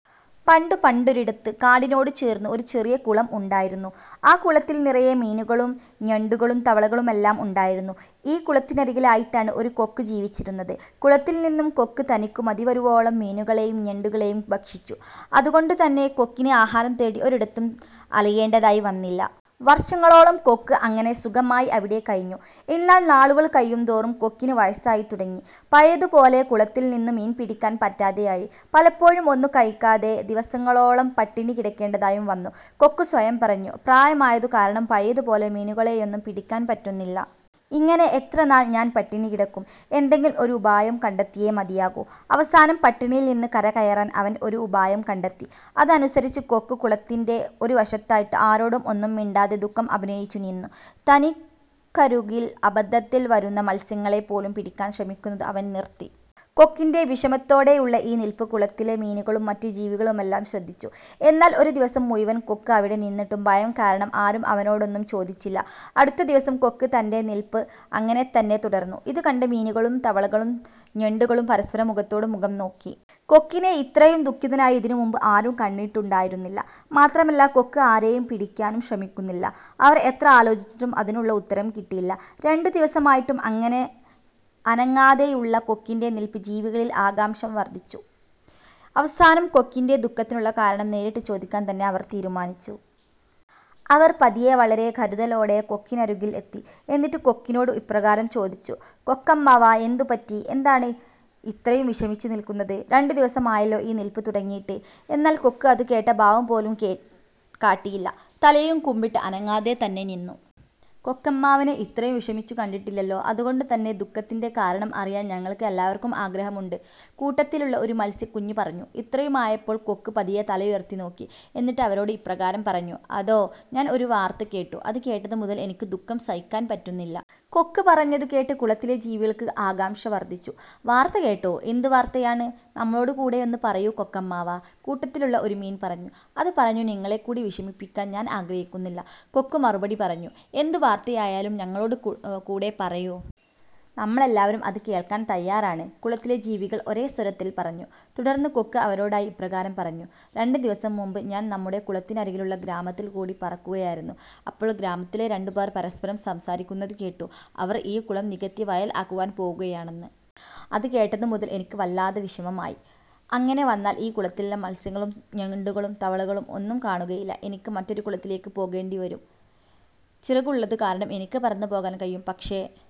പണ്ടു പണ്ടൊരിടത്ത് കാടിനോട് ചേർന്ന് ഒരു ചെറിയ കുളം ഉണ്ടായിരുന്നു. ആ കുളത്തിൽ നിറയെ മീനുകളും ഞണ്ടുകളും തവളകളുമെല്ലാം ഉണ്ടായിരുന്നു. ഈ കുളത്തിനരികിലായിട്ടാണ് ഒരു കൊക്ക് ജീവിച്ചിരുന്നത്. കുളത്തിൽ നിന്നും കൊക്ക് തനിക്ക് മതിവരുവോളം മീനുകളെയും ഞണ്ടുകളെയും ഭക്ഷിച്ചു. അതുകൊണ്ടുതന്നെ കൊക്കിന് ആഹാരം തേടി ഒരിടത്തും അലയേണ്ടതായി വന്നില്ല. വർഷങ്ങളോളം കൊക്ക് അങ്ങനെ സുഖമായി അവിടെ കഴിഞ്ഞു. എന്നാൽ നാളുകൾ കഴിയുംതോറും കൊക്കിന് വയസ്സായി തുടങ്ങി. പഴയതുപോലെ കുളത്തിൽ നിന്നും മീൻ പിടിക്കാൻ പറ്റാതെ ആയി. പലപ്പോഴും ഒന്നും കഴിക്കാതെ ദിവസങ്ങളോളം പട്ടിണി കിടക്കേണ്ടതായും വന്നു. കൊക്ക് സ്വയം പറഞ്ഞു "പ്രായമായതു കാരണം പഴയതുപോലെ മീനുകളെയൊന്നും പിടിക്കാൻ പറ്റുന്നില്ല. ഇങ്ങനെ എത്രനാൾ ഞാൻ പട്ടിണി കിടക്കും? എന്തെങ്കിലും ഒരു ഉപായം കണ്ടെത്തിയേ മതിയാകൂ. " അവസാനം പട്ടിണിയിൽ നിന്ന് കരകയറാൻ അവൻ ഒരു ഉപായം കണ്ടെത്തി. അതനുസരിച്ച് കൊക്ക് കുളത്തിൻ്റെ ഒരു വശത്തായിട്ട് ആരോടും ഒന്നും മിണ്ടാതെ ദുഃഖം അഭിനയിച്ചു നിന്നു. തനിക്കരുകിൽ അബദ്ധത്തിൽ വരുന്ന മത്സ്യങ്ങളെ പോലും പിടിക്കാൻ ശ്രമിക്കുന്നതു അവൻ നിർത്തി. കൊക്കിൻ്റെ വിഷമത്തോടെയുള്ള ഈ നിൽപ്പ് കുളത്തിലെ മീനുകളും മറ്റു ജീവികളുമെല്ലാം ശ്രദ്ധിച്ചു. എന്നാൽ ഒരു ദിവസം മുഴുവൻ കൊക്ക് അവിടെ നിന്നിട്ടും ഭയം കാരണം ആരും അവനോടൊന്നും ചോദിച്ചില്ല. അടുത്ത ദിവസവും കൊക്ക് തൻ്റെ നിൽപ്പ് അങ്ങനെതന്നെ തുടർന്നു. ഇതുകണ്ട മീനുകളും തവളകളും ഞണ്ടുകളും പരസ്പരം മുഖത്തോട് മുഖം നോക്കി. കൊക്കിനെ ഇത്രയും ദുഃഖിതനായി ഇതിനുമുമ്പ് ആരും കണ്ടിട്ടുണ്ടായിരുന്നില്ല. മാത്രമല്ല കൊക്ക് ആരെയും പിടിക്കാനും ശ്രമിക്കുന്നില്ല. അവർ എത്ര ആലോചിച്ചിട്ടും അതിനുള്ള ഉത്തരം കിട്ടിയില്ല. രണ്ടു ദിവസമായിട്ടും അനങ്ങാതെയുള്ള കൊക്കിൻ്റെ നിൽപ്പ് ജീവികളിൽ ആകാംക്ഷ വർധിപ്പിച്ചു. അവസാനം കൊക്കിൻ്റെ ദുഃഖത്തിനുള്ള കാരണം നേരിട്ട് ചോദിക്കാൻ തന്നെ അവർ തീരുമാനിച്ചു. അവർ പതിയെ വളരെ കരുതലോടെ കൊക്കിനരുകിൽ എത്തി. എന്നിട്ട് കൊക്കിനോട് ഇപ്രകാരം ചോദിച്ചു. "കൊക്കമ്മാവാ എന്തുപറ്റി? എന്താണ് ഇത്രയും വിഷമിച്ച് നിൽക്കുന്നത്? രണ്ടുദിവസം ആയല്ലോ ഈ നിൽപ്പ് തുടങ്ങിയിട്ട്. " എന്നാൽ കൊക്ക് അതു കേട്ട ഭാവം പോലും കാട്ടിയില്ല. തലയും കുമ്പിട്ടു അനങ്ങാതെ തന്നെ നിന്നു. "കൊക്കമ്മാവനെ ഇത്രയും വിഷമിച്ചു കണ്ടിട്ടില്ലല്ലോ. അതുകൊണ്ടുതന്നെ ദുഃഖത്തിൻ്റെ കാരണം അറിയാൻ ഞങ്ങൾക്ക് എല്ലാവർക്കും ആഗ്രഹമുണ്ട്. " കൂട്ടത്തിലുള്ള ഒരു മത്സ്യക്കുഞ്ഞ് പറഞ്ഞു. ഇത്രയുമായപ്പോൾ കൊക്ക് പതിയെ തലയുയർത്തി നോക്കി. എന്നിട്ട് അവരോട് ഇപ്രകാരം പറഞ്ഞു. "അതോ! ഞാൻ ഒരു വാർത്ത കേട്ടു. അത് കേട്ടത് മുതൽ എനിക്ക് ദുഃഖം സഹിക്കാൻ പറ്റുന്നില്ല. " കൊക്ക് പറഞ്ഞതു കേട്ട കുളത്തിലെ ജീവികൾക്ക് ആകാംക്ഷ വർധിച്ചു. "വാർത്ത കേട്ടോ? എന്ത് വാർത്തയാണ്? നമ്മളോട് കൂടെയൊന്ന് പറയൂ കൊക്കമ്മാവാ. " കൂട്ടത്തിലുള്ള ഒരു മീൻ പറഞ്ഞു. "അതു പറഞ്ഞു നിങ്ങളെകൂടി വിഷമിപ്പിക്കാൻ ഞാൻ ആഗ്രഹിക്കുന്നില്ല. " കൊക്ക് മറുപടി പറഞ്ഞു. "എന്തു വാർത്തയായാലും ഞങ്ങളോട് കൂടെ പറയൂ. നമ്മളെല്ലാവരും അത് കേൾക്കാൻ തയ്യാറാണ്. " കുളത്തിലെ ജീവികൾ ഒരേ സ്വരത്തിൽ പറഞ്ഞു. തുടർന്ന് കൊക്ക് അവരോടായി ഇപ്രകാരം പറഞ്ഞു. "രണ്ടു ദിവസം മുൻപ് ഞാൻ നമ്മുടെ കുളത്തിനരികിലുള്ള ഗ്രാമത്തിൽ കൂടി പറക്കുകയായിരുന്നു. അപ്പോൾ ഗ്രാമത്തിലെ രണ്ടുപേർ പരസ്പരം സംസാരിക്കുന്നത് കേട്ടു. അവർ ഈ കുളം നികത്തി വയൽ ആക്കുവാൻ പോവുകയാണെന്ന്. അത് കേട്ടത് മുതൽ എനിക്ക് വല്ലാത്ത വിഷമമായി. അങ്ങനെ വന്നാൽ ഈ കുളത്തിൽ മത്സ്യങ്ങളും ഞണ്ടുകളും തവളകളും ഒന്നും കാണുകയില്ല. എനിക്ക് മറ്റൊരു കുളത്തിലേക്ക് പോകേണ്ടിയും വരും. ചിറകുകളുള്ളത് കാരണം എനിക്ക് പറന്നു പോകാൻ കഴിയും. പക്ഷേ